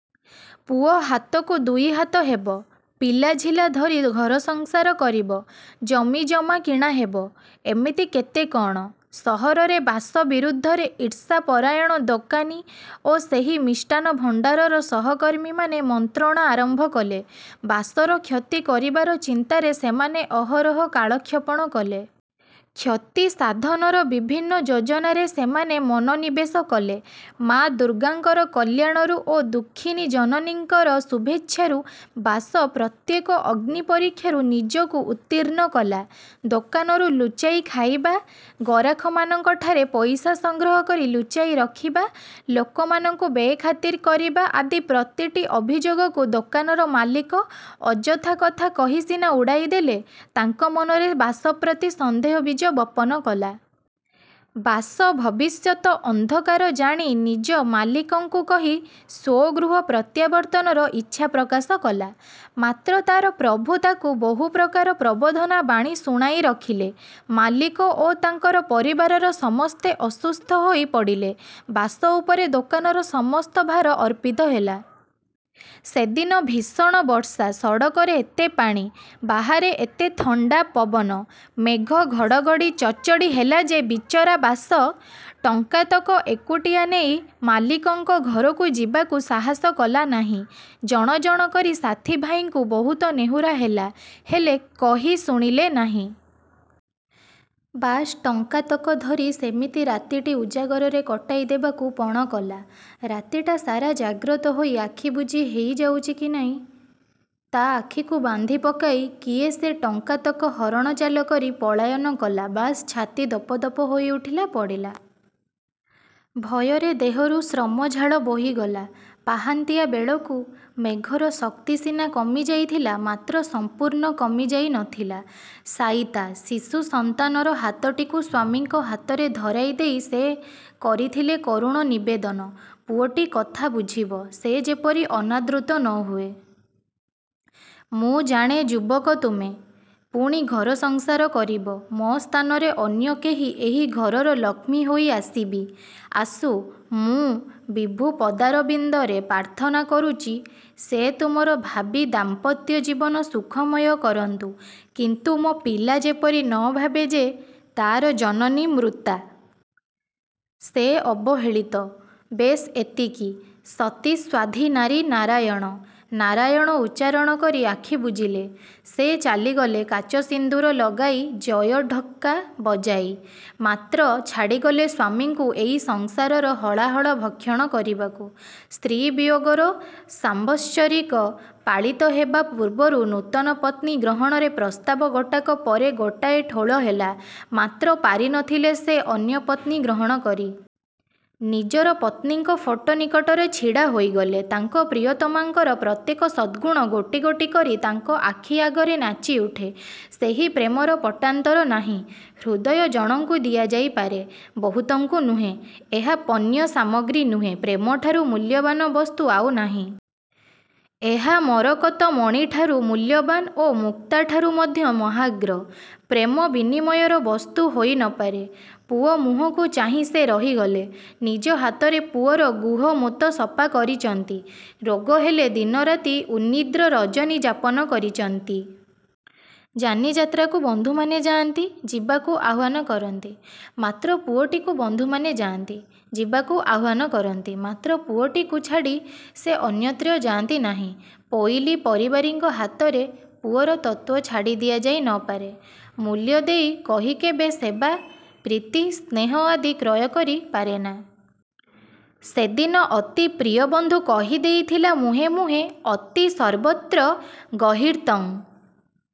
ପୁଅ ହାତକୁ ଦୁଇହାତ ହେବ। ପିଲାଝିଲା ଧରି ଘର ସଂସାର କରିବ। ଜମି ଜମା କିଣା ହେବ—ଏମିତି କେତେ କ'ଣ? ସହରରେ ବାସ ବିରୁଦ୍ଧରେ ଈର୍ଷା ପରାୟଣ ଦୋକାନୀ ଓ ସେହି ମିଷ୍ଟାନ ଭଣ୍ତାରର ସହକର୍ମୀମାନେ ମନ୍ତ୍ରଣା ଆରମ୍ଭ କଲେ। ବାସର କ୍ଷତି କରିବାର ଚିନ୍ତାରେ ସେମାନେ ଅହରହ କାଳକ୍ଷେପଣ କଲେ। କ୍ଷତି ସାଧନର ବିଭିନ୍ନ ଯୋଜନାରେ ସେମାନେ ମନୋନିବେଶ କଲେ। ମା ଦୁର୍ଗାଙ୍କର କଲ୍ୟାଣରୁ ଓ ଦୁଃଖିନୀ ଜନନୀଙ୍କର ଶୁଭେଚ୍ଛାରୁ ବାସ ପ୍ରତ୍ୟେକ ଅଗ୍ନି ପରୀକ୍ଷାରୁ ନିଜକୁ ଉର୍ତ୍ତୀଣ୍ଣ କଲା। ଦୋକାନରୁ ଲୁଚାଇ ଖାଇବା, ଗରାଖମାନଙ୍କଠାରେ ପଇସା ସଂଗ୍ରହ କରି ଲୁଚାଇ ରଖିବା, ଲୋକମାନଙ୍କୁ ବେଖାତିର କରିବା ଆଦି ପ୍ରତିଟି ଅଭିଯୋଗକୁ ଦୋକାନର ମାଲିକ ଅଯଥା କଥା କହି ସିନା ଉଡ଼ାଇ ଦେଲେ, ତାଙ୍କ ମନରେ ବାସ ପ୍ରତି ସନ୍ଦେହ ବୀଜ ବପନ କଲା। ବାସ ଭବିଷ୍ୟତ ଅନ୍ଧକାର ଜାଣି ନିଜ ମାଲିକଙ୍କୁ କହି ସ୍ୱଗୃହ ପ୍ରତ୍ୟାବର୍ତ୍ତନର ଇଚ୍ଛା ପ୍ରକାଶ କଲା। ମାତ୍ର ତାର ପ୍ରଭୁ ତାକୁ ବହୁ ପ୍ରକାର ପ୍ରବୋଧନା ବାଣୀ ଶୁଣାଇ ରଖିଲେ। ମାଲିକ ଓ ତାଙ୍କର ପରିବାରର ସମସ୍ତେ ଅସୁସ୍ଥ ହୋଇ ପଡ଼ିଲେ। ବାସ ଉପରେ ଦୋକାନର ସମସ୍ତ ଭାର ଅର୍ପିତ ହେଲା। ସେଦିନ ଭୀଷଣ ବର୍ଷା। ସଡ଼କରେ ଏତେ ପାଣି, ବାହାରେ ଏତେ ଥଣ୍ତା ପବନ, ମେଘ ଘଡ଼ଘଡ଼ି ଚଡ଼ଚଡ଼ି ହେଲା ଯେ, ବିଚରା ବାସ, ଟଙ୍କାତକ ଏକୁଟିଆ ନେଇ ମାଲିକଙ୍କ ଘରକୁ ଯିବାକୁ ସାହସ କଲାନାହିଁ। ଜଣ ଜଣ କରି ସାଥୀଭାଇଙ୍କୁ ବହୁତ ନେହୁରା ହେଲା, ହେଲେ କହି ଶୁଣିଲେ ନାହିଁ। ବାସ ଟଙ୍କାତକ ଧରି ସେମିତି ରାତିଟି ଉଜାଗରରେ କଟାଇ ଦେବାକୁ ପଣ କଲା; ରାତିଟା ସାରା ଜାଗ୍ରତ ହୋଇ ଆଖି ବୁଜି ହେଇ ଯାଉଚି କି ନାହିଁ, ତା ଆଖିକୁ ବାନ୍ଧି ପକାଇ କିଏସେ ଟଙ୍କାତକ ହରଣଚାଲ କରି ପଳାୟନ କଲା। ବାସ ଛାତି ଦପ ଦପ ହୋଇ ଉଠିଲା ପଡ଼ିଲା। ଭୟରେ ଦେହରୁ ଶ୍ରମଝାଳ ବୋହିଗଲା। ପାହାନ୍ତିଆ ବେଳକୁ ମେଘର ଶକ୍ତି ସିନା କମି ଯାଇଥିଲା ମାତ୍ର ସମ୍ପୂର୍ଣ୍ଣ କମି ଯାଇ ନ ଥିଲା। ଶାୟିତା। ଶିଶୁ ସନ୍ତାନର ହାତଟିକୁ ସ୍ୱାମୀଙ୍କ ହାତରେ ଧରାଇ ଦେଇ ସେ କରିଥିଲେ କରୁଣ ନିବେଦିନ। "ପୁଅଟି କଥା ବୁଝିବ। ସେ ଯେପରି ଅନାଦୃତ ନ ହୁଏ। ମୁଁ ଜାଣେ ଯୁବକ ତୁମେ, ପୁଣି ଘର ସଂସାର କରିବ। ମୋ ସ୍ଥାନରେ ଅନ୍ୟ କେହି ଏହି ଘରର ଲକ୍ଷ୍ମୀ ହୋଇ ଆସିବି। ଆସୁ, ମୁଁ ବିଭୁ ପଦାରବିନ୍ଦରେ ପ୍ରାର୍ଥନା କରୁଚି ସେ ତୁମର ଭାବୀ ଦାମ୍ପତ୍ୟ ଜୀବନ ସୁଖମୟ କରନ୍ତୁ। କିନ୍ତୁ ମୋ ପିଲା ଯେପରି ନ ଭାବେ ଯେ, ତାର ଜନନୀ ମୃତା। ସେ ଅବହେଳିତ। ବେଶ୍ ଏତିକି। " ସତୀ ସାଧ୍ୱୀ ନାରୀ 'ନାରାୟଣ', 'ନାରାୟଣ' ଉଚ୍ଚାରଣ କରି ଆଖି ବୁଜିଲେ। ସେ ଚାଲିଗଲେ କାଚ ସିନ୍ଦୂର ଲଗାଇ ଜୟ ଢକ୍କା ବଜାଇ। ମାତ୍ର ଛାଡ଼ିଗଲେ ସ୍ୱାମୀଙ୍କୁ ଏଇ ସଂସାରର ହଳାହଳ ଭକ୍ଷଣ କରିବାକୁ। ସ୍ତ୍ରୀ ବିୟୋଗର ସାମ୍ବତ୍ସରିକ ପାଳିତ ହେବା ପୂର୍ବରୁ ନୂତନ ପତ୍ନୀ ଗ୍ରହଣରେ ପ୍ରସ୍ତାବ ଗୋଟାକ ପରେ ଗୋଟାଏ ଠୁଳ ହେଲା, ମାତ୍ର ପାରି ନ ଥିଲେ ସେ ଅନ୍ୟ ପତ୍ନୀ ଗ୍ରହଣ କରି। ନିଜର ପତ୍ନୀଙ୍କ ଫଟୋ ନିକଟରେ ଛିଡ଼ା ହୋଇଗଲେ ତାଙ୍କ ପ୍ରିୟତମାଙ୍କର ପ୍ରତ୍ୟେକ ସଦ୍ଗୁଣ ଗୋଟି ଗୋଟି କରି ତାଙ୍କ ଆଖି ଆଗରେ ନାଚିଉଠେ। ସେହି ପ୍ରେମର ପଟାନ୍ତର ନାହିଁ। ହୃଦୟ ଜଣଙ୍କୁ ଦିଆ ଯାଇପାରେ। ବହୁତଙ୍କୁ ନୁହେଁ। ଏହା ପଣ୍ୟ ସାମଗ୍ରୀ ନୁହେଁ। ପ୍ରେମଠାରୁ ମୂଲ୍ୟବାନ ବସ୍ତୁ ଆଉ ନାହିଁ। ଏହା ମରକତ ମଣିଠାରୁ ମୂଲ୍ୟବାନ୍ ଓ ମୁକ୍ତାଠାରୁ ମଧ୍ୟ ମହାର୍ଘ। ପ୍ରେମ ବିନିମୟର ବସ୍ତୁ ହୋଇ ନ ପାରେ। ପୁଅ ମୁହଁକୁ ଚାହିଁ ସେ ରହିଗଲେ। ନିଜ ହାତରେ ପୁଅର ଗୁହ ମୂତ ସଫା କରିଚନ୍ତି। ରୋଗ ହେଲେ ଦିନ ରାତି ଉନ୍ନିଦ୍ର ରଜନୀ ଯାପନ କରିଚନ୍ତି। ଯାନି ଯାତ୍ରାକୁ ବନ୍ଧୁମାନେ ଯାଆନ୍ତି। ଯିବାକୁ ଆହ୍ୱାନ କରନ୍ତି। ମାତ୍ର ପୁଅଟିକୁ ବନ୍ଧୁମାନେ ଯାଆନ୍ତି। ଯିବାକୁ ଆହ୍ୱାନ କରନ୍ତି। ମାତ୍ର ପୁଅଟିକୁ ଛାଡ଼ି ସେ ଅନ୍ୟତ୍ର ଯାଆନ୍ତି ନାହିଁ। ପୋଇଲୀ, ପରିବାରୀଙ୍କ ହାତରେ ପୁଅର ତତ୍ତ୍ୱ ଛାଡ଼ି ଦିଆଯାଇ ନ ପାରେ। ମୂଲ୍ୟ ଦେଇ କହି କେବେ ସେବା, ପ୍ରୀତି, ସ୍ନେହ ଆଦି କ୍ରୟକରି ପାରେନା। ସେଦିନ ଅତି ପ୍ରିୟ ବନ୍ଧୁ କହି ଦେଇଥିଲା ମୁହେଁ ମୁହେଁ—ଅତି ସର୍ବତ୍ର ଗର୍ହିତଂ।